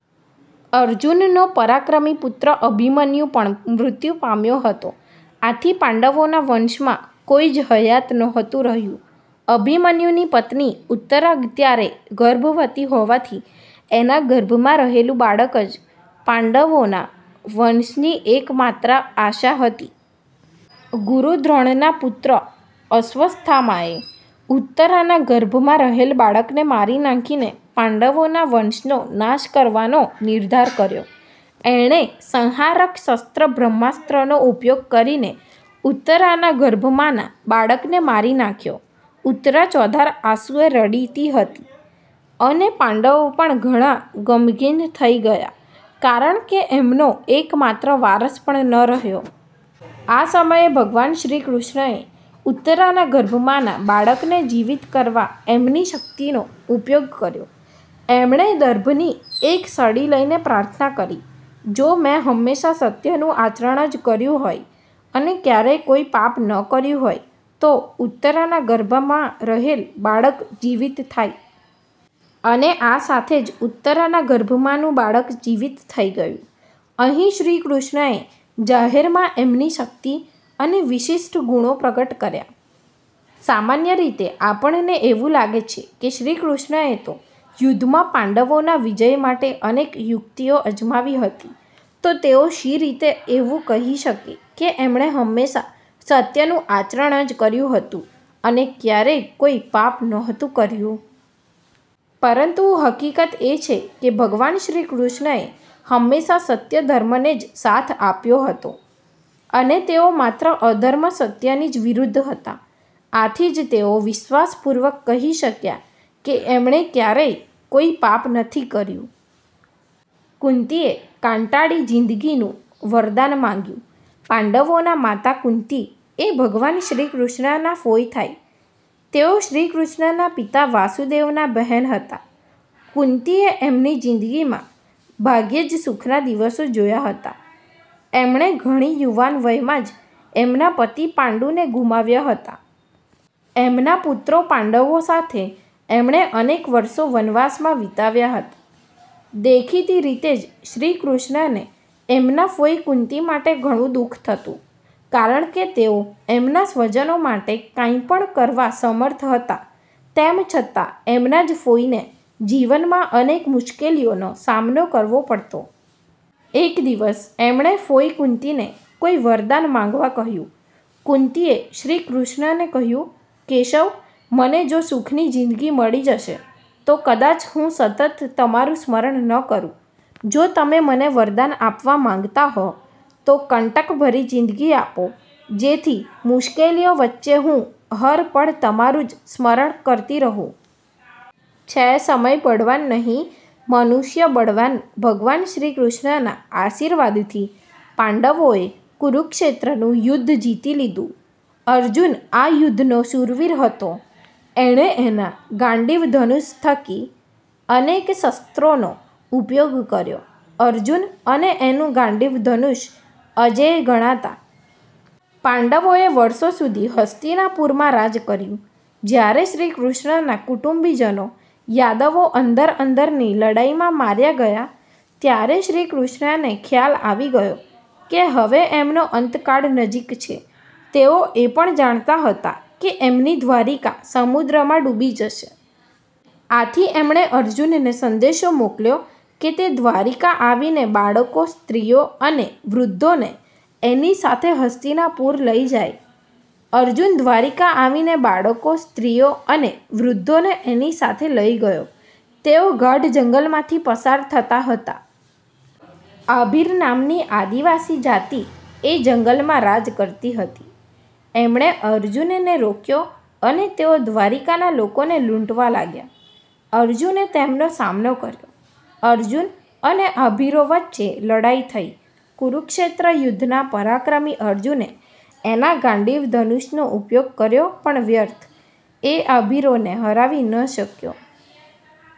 અર્જુનનો પરાક્રમી પુત્ર અભિમન્યુ પણ મૃત્યુ પામ્યો હતો. આથી પાંડવોના વંશમાં। કોઈ જ હયાત નહોતું રહ્યું. અભિમન્યુની પત્ની ઉત્તરા ત્યારે ગર્ભવતી હોવાથી એના ગર્ભમાં રહેલું બાળક જ પાંડવોના વંશની એક માત્ર આશા હતી. ગુરુ દ્રોણના પુત્ર અશ્વસ્થામાએ ઉત્તરાના ગર્ભમાં રહેલ બાળકને મારી નાંખીને પાંડવોના વંશનો નાશ કરવાનો નિર્ધાર કર્યો. એણે સંહારક શસ્ત્ર બ્રહ્માસ્ત્રનો ઉપયોગ કરીને ઉત્તરાના ગર્ભમાંના બાળકને મારી નાંખ્યો. ઉત્તરા ચોધાર આંસુએ રડતી હતી અને પાંડવો પણ ઘણા ગમગીન થઇ ગયા કારણકે એમનો એક માત્ર વારસ પણ ન રહ્યો. આ સમયે ભગવાન શ્રીકૃષ્ણએ ઉત્તરાના ગર્ભમાંના બાળકને જીવિત કરવા એમની શક્તિનો ઉપયોગ કર્યો. એમણે દર્ભની એક સળી લઈને પ્રાર્થના કરી, "જો મેં હંમેશાં સત્યનું આચરણ જ કર્યું હોય અને ક્યારેય કોઈ પાપ ન કર્યું હોય તો ઉત્તરાના ગર્ભમાં રહેલ બાળક જીવિત થાય! " અને આ સાથે જ ઉત્તરાના ગર્ભમાંનું બાળક જીવિત થઇ ગયું! અહીં શ્રીકૃષ્ણએ જાહેરમાં એમની શક્તિ અને વિશિષ્ઠ ગુણો પ્રગટ કર્યા. સામાન્ય રીતે આપણને એવું લાગે કે શ્રીકૃષ્ણએ તો યુદ્ધમાં પાંડવોના વિજય માટે અનેક યુક્તિઓ અજમાવી હતી તો તેઓ શી રીતે એવું કહી શકે કે એમણે હંમેશાં સત્યનું આચરણ જ કર્યું હતું અને ક્યારેય કોઈ પાપ નહોતું કર્યું? પરંતુ હકીકત એ છે કે ભગવાન શ્રીકૃષ્ણએ હંમેશાં સત્ય ધર્મને જ સાથ આપ્યો હતો અને તેઓ માત્ર અધર્મ અસત્યની જ વિરુદ્ધ હતા. આથી જ તેઓ વિશ્વાસપૂર્વક કહી શક્યા કે એમણે ક્યારેય કોઈ પાપ નથી કર્યું. કુંતીએ કાંટાળી જીન્દગીનું વરદાન માંગ્યું પાંડવોના માતા કુંતી એ ભગવાન શ્રીકૃષ્ણના ફોઈ થાય. તેઓ શ્રીકૃષ્ણના પિતા વાસુદેવના બહેન હતા. કુંતીએ એમની જીન્દગીમાં ભાગ્યે જ સુખના દિવસો જોયા હતા. એમણે ઘણી યુવાન વયમાં જ એમના પતિ પાંડુને ગુમાવ્યા હતા. એમના પુત્રો પાંડવો સાથે એમણે અનેક વર્ષો વનવાસમાં વિતાવ્યા હતા. દેખીતી રીતે જ શ્રીકૃષ્ણને એમના ફોઈ કુંતી માટે ઘણું દુ:ખ થતું. કારણકે તેઓ એમના સ્વજનો માટે કાંઈ પણ કરવા સમર્થ હતા તેમ છતાં એમના જ ફોઈને જીવનમાં અનેક મુશ્કેલીઓનો સામનો કરવો પડતો. એક દિવસ એમણે ફોઈ કુંતીને કોઈ વરદાન માંગવા કહ્યું. કુંતીએ શ્રીકૃષ્ણને કહ્યું, "કેશવ, મને જો સુખની જીન્દગી મળી જશે તો કદાચ હું સતત તમારું સ્મરણ ન કરું. જો તમે મને વરદાન આપવા માંગતા હો તો કંટક ભરી જીન્દગી આપો જેથી મુશ્કેલીઓ વચ્ચે હું હર પળ તમારું જ સ્મરણ કરતી રહું". છે સમય બળવાન નહીં મનુષ્ય બળવાન ભગવાન શ્રીકૃષ્ણના આશીર્વાદથી પાંડવોએ કુરુક્ષેત્રનું યુદ્ધ જીતી લીધું. અર્જુન આ યુદ્ધનો શૂરવીર હતો. એણે એના ગાંડીવ ધનુષ થકી અનેક શસ્ત્રોનો ઉપયોગ કર્યો. અર્જુન અને એનું ગાંડીવ ધનુષ અજેય ગણાતા. પાંડવોએ વર્ષો સુધી હસ્તિનાપુરમાં રાજ કર્યું. જયારે શ્રીકૃષ્ણના કુટુંબીજનો યાદવો અંદરો અંદરની લડાઈમાં માર્યા ગયા ત્યારે શ્રીકૃષ્ણને ખ્યાલ આવી ગયો કે હવે એમનો અંતકાળ નજીક છે. તેઓ એ પણ જાણતા હતા કે એમની દ્વારિકા સમુદ્રમાં ડૂબી જશે. આથી એમણે અર્જુનને સંદેશો મોકલ્યો કે તે દ્વારિકા આવીને બાળકો, સ્ત્રીઓ અને વૃધ્ધોને એની સાથે હસ્તિનાપુર લઇ જાય. અર્જુન દ્વારિકા આવીને બાળકો, સ્ત્રીઓ અને વૃધ્ધોને એની સાથે લઇ ગયો. તેઓ ગાઢ જંગલમાંથી પસાર થતા હતા. આભીર નામની આદિવાસી જાતી એ જંગલમાં રાજ કરતી હતી. એમણે અર્જુનને રોક્યો અને તેઓ દ્વારિકાના લોકોને લુંટવા લાગ્યા. અર્જુને તેમનો સામનો કર્યો. અર્જુન અને આભીરો વચ્ચે લડાઈ થઇ. કુરુક્ષેત્ર યુધ્ધના પરાક્રમી અર્જુને એના ગાંડીવ ધનુષનો ઉપયોગ કર્યો પણ વ્યર્થ! એ આભીરોને હરાવી ન શક્યો!